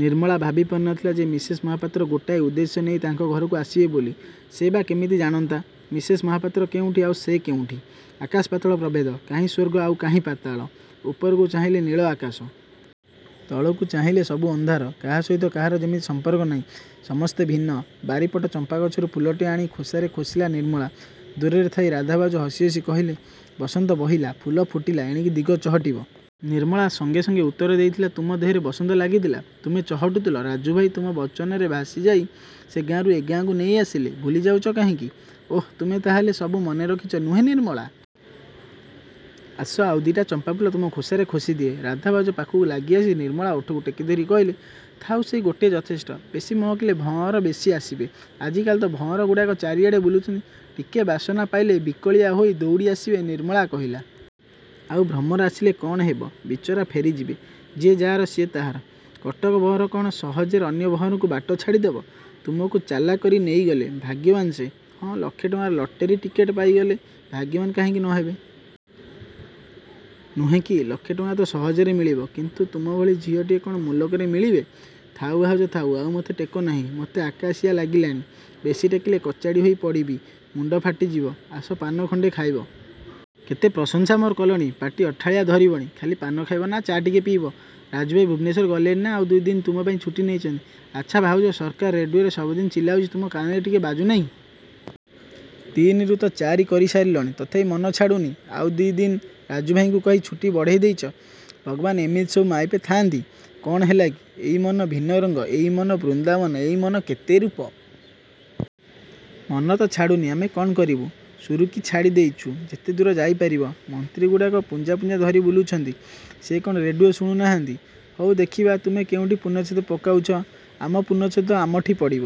ନିର୍ମଳା ଭାବି ପାରି ନଥିଲା ଯେ ମିସେସ୍ ମହାପାତ୍ର ଗୋଟାଏ ଉଦ୍ଦେଶ୍ୟ ନେଇ ତାଙ୍କ ଘରକୁ ଆସିବେ ବୋଲି। ସେ ବା କେମିତି ଜାଣନ୍ତା। ମିସେସ୍ ମହାପାତ୍ର କେଉଁଠି, ଆଉ ସେ କେଉଁଠି। ଆକାଶ ପାତାଳ ପ୍ରଭେଦ। କାହିଁ ସ୍ୱର୍ଗ ଆଉ କାହିଁ ପାତାଳ। ଉପରକୁ ଚାହିଁଲେ ନୀଳ ଆକାଶ। ତଳକୁ ଚାହିଁଲେ ସବୁ ଅନ୍ଧାର। କାହା ସହିତ କାହାର ଯେମିତି ସମ୍ପର୍କ ନାହିଁ, ସମସ୍ତେ ଭିନ୍ନ। ବାରିପଟ ଚମ୍ପା ଗଛରୁ ଫୁଲଟିଏ ଆଣି ଖୋସାରେ ଖୋସିଲା ନିର୍ମଳା। ଦୂରରେ ଥାଇ ରାଧା ଭାଉଜ ହସି ହସି କହିଲେ, ବସନ୍ତ ବହିଲା, ଫୁଲ ଫୁଟିଲା ଏଣିକି ଦିଗ ଚହଟିବ। ନିର୍ମଳା ସଙ୍ଗେ ସଙ୍ଗେ ଉତ୍ତର ଦେଇଥିଲା ତୁମ ଦେହରେ ବସନ୍ତ ଲାଗିଥିଲା। ତୁମେ ଚହଟୁଥିଲ ରାଜୁ ଭାଇ ତୁମ ବଚନରେ ଭାସିଯାଇ ସେ ଗାଁରୁ ଏ ଗାଁକୁ ନେଇ ଆସିଲେ। ଭୁଲି ଯାଉଛ କାହିଁକି? ଓଃ ତୁମେ ତା' ହେଲେ ସବୁ ମନେ ରଖିଛ ନୁହେଁ ନିର୍ମଳା? ଆସ ଆଉ ଦି'ଟା ଚମ୍ପାଫୁଲ ତୁମ ଖୋସାରେ ଖୋସିଦିଏ। ରାଧା ଭାଉଜ ପାଖକୁ ଲାଗି ଆସି, ନିର୍ମଳା ଓଠକୁ ଟେକିଧରି କହିଲେ। ଥାଉ, ସେଇ ଗୋଟିଏ ଯଥେଷ୍ଟ। ବେଶୀ ମହକିଲେ ଭଅଁର ବେଶି ଆସିବେ। ଆଜି କାଲି ତ ଭଅଁର ଗୁଡ଼ାକ ଚାରିଆଡ଼େ ବୁଲୁଛନ୍ତି ଟିକେ ବାସନା ପାଇଲେ ବିକଳିଆ ହୋଇ ଦୌଡ଼ି ଆସିବେ ନିର୍ମଳା କହିଲା। ଆଉ ଭ୍ରମର ଆସିଲେ କ'ଣ ହେବ। ବିଚରା ଫେରିଯିବେ। ଯିଏ ଯାହାର ସିଏ ତାହାର। କଟକ ଭଅଁର କ'ଣ ସହଜରେ ଅନ୍ୟ ଭଅଁରକୁ ବାଟ ଛାଡ଼ିଦେବ। ତୁମକୁ ଚାଲାଖ କରି ନେଇଗଲେ। ଭାଗ୍ୟବାନ ସେ। ହଁ ଲକ୍ଷେ ଟଙ୍କାର ଲଟେରୀ ଟିକେଟ ପାଇଗଲେ। ଭାଗ୍ୟବାନ କାହିଁକି ନ ହେବେ। ନୁହେଁ କି? ଲକ୍ଷେ ଟଙ୍କା ତ ସହଜରେ ମିଳିବ। କିନ୍ତୁ ତୁମ ଭଳି ଝିଅଟିଏ କ'ଣ ମୁଲକରେ ମିଳିବେ? ଥାଉ ଭାଉଜ ଥାଉ ଆଉ ମୋତେ ଟେକ ନାହିଁ। ମୋତେ ଆକାଶିଆ ଲାଗିଲାଣି। ବେଶି ଟେକିଲେ କଚାଡ଼ି ହୋଇ ପଡ଼ିବି। ମୁଣ୍ଡ ଫାଟିଯିବ। ଆସ ପାନ ଖଣ୍ଡେ ଖାଇବ। କେତେ ପ୍ରଶଂସା ମୋର କଲଣି। ପାଟି ଅଠାଳିଆ ଧରିବଣି। ଖାଲି ପାନ ଖାଇବ ନା ଚା' ଟିକେ ପିଇବ? ରାଜୁଭାଇ ଭୁବନେଶ୍ୱର ଗଲେଣି ନା, ଆଉ ଦୁଇଦିନ ତୁମ ପାଇଁ ଛୁଟି ନେଇଛନ୍ତି। ଆଚ୍ଛା ଭାଉଜ ସରକାର ରେଡ଼ିଓରେ ସବୁଦିନେ ଚିଲାଉଛି ତୁମ କାନରେ ଟିକେ ବାଜୁନାହିଁ? ତିନିରୁ ତ ଚାରି କରି ସାରିଲଣି। ତଥାପି ମନ ଛାଡ଼ୁନି। ଆଉ ଦି' ଦିନ ରାଜୁଭାଇଙ୍କୁ କହି ଛୁଟି ବଢ଼େଇ ଦେଇଛ। ଭଗବାନ ଏମିତି ସବୁ ମାଇପେ ଥା'ନ୍ତି। କ'ଣ ହେଲା କି, ଏଇ ମନ ଭିନ୍ନ ରଙ୍ଗ, ଏଇ ମନ ବୃନ୍ଦାବନ, ଏଇ ମନ କେତେ ରୂପ। ମନ ତ ଛାଡ଼ୁନି ଆମେ କ'ଣ କରିବୁ। ସୁରୁକି ଛାଡ଼ି ଦେଇଛୁ। ଯେତେ ଦୂର ଯାଇ ପାରିବ। ମନ୍ତ୍ରୀଗୁଡ଼ାକ ପୁଞ୍ଜା ପୁଞ୍ଜା ଧରି ବୁଲୁଛନ୍ତି। ସେ କ'ଣ ରେଡ଼ିଓ ଶୁଣୁ ନାହାନ୍ତି। ହଉ ଦେଖିବା ତୁମେ କେଉଁଠି ପୂର୍ଣ୍ଣଚ୍ଛେଦ ପକାଉଛ। ଆମ ପୂର୍ଣ୍ଣଚ୍ଛେଦ ଆମଠି ପଡ଼ିବ।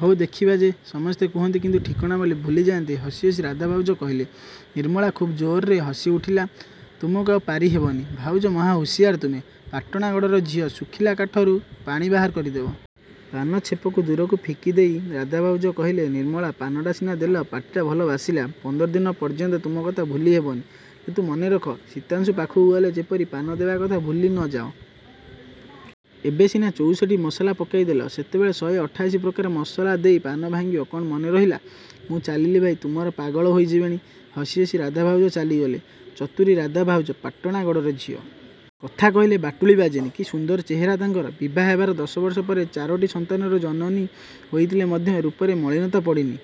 ହଉ ଦେଖିବା ଯେ ସମସ୍ତେ କହନ୍ତି କିନ୍ତୁ ଠିକଣାବେଳେ ଭୁଲିଯାନ୍ତି ହସି ହସି ରାଧା ଭାଉଜ କହିଲେ। ନିର୍ମଳା ଖୁବ୍ ଜୋରରେ ହସି ଉଠିଲା। ତୁମକୁ ଆଉ ପାରିହେବନି। ଭାଉଜ ମହା ହୁସିଆର ତୁମେ। ପାଟଣା ଗଡ଼ର ଝିଅ ଶୁଖିଲା କାଠରୁ ପାଣି ବାହାର କରିଦେବ। ପାନ ଛେପକୁ ଦୂରକୁ ଫିକିଦେଇ ରାଧା ଭାଉଜ କହିଲେ, ନିର୍ମଳା ପାନଟା ସିନା ଦେଲ ପାଟିଟା ଭଲ ବାସିଲା। ପନ୍ଦର ଦିନ ପର୍ଯ୍ୟନ୍ତ ତୁମ କଥା ଭୁଲି ହେବନି। କିନ୍ତୁ ମନେ ରଖ ଶୀତାଂଶୁ ପାଖକୁ ଗଲେ ଯେପରି ପାନ ଦେବା କଥା ଭୁଲି ନ ଯାଅ। ଏବେ ସିନା ଚଉଷଠି ମସଲା ପକାଇ ଦେଲ ସେତେବେଳେ ଶହେ ଅଠାଅଶି ପ୍ରକାର ମସଲା ଦେଇ ପାନ ଭାଙ୍ଗିବ କ'ଣ ମନେ ରହିଲା। ମୁଁ ଚାଲିଲି ଭାଇ ତୁମର ପାଗଳ ହୋଇଯିବେଣି। ହସି ହସି ରାଧା ଭାଉଜ ଚାଲିଗଲେ। ଚତୁରୀ ରାଧା ଭାଉଜ ପାଟଣା ଗଡ଼ର ଝିଅ। କଥା କହିଲେ ବାଟୁଳି ବାଜେନି। କି ସୁନ୍ଦର ଚେହେରା ତାଙ୍କର। ବିଭା ହେବାର ଦଶବର୍ଷ ପରେ ଚାରୋଟି ସନ୍ତାନର ଜନନୀ ହୋଇଥିଲେ ମଧ୍ୟ ରୂପରେ ମଳିନତା ପଡ଼ିନି।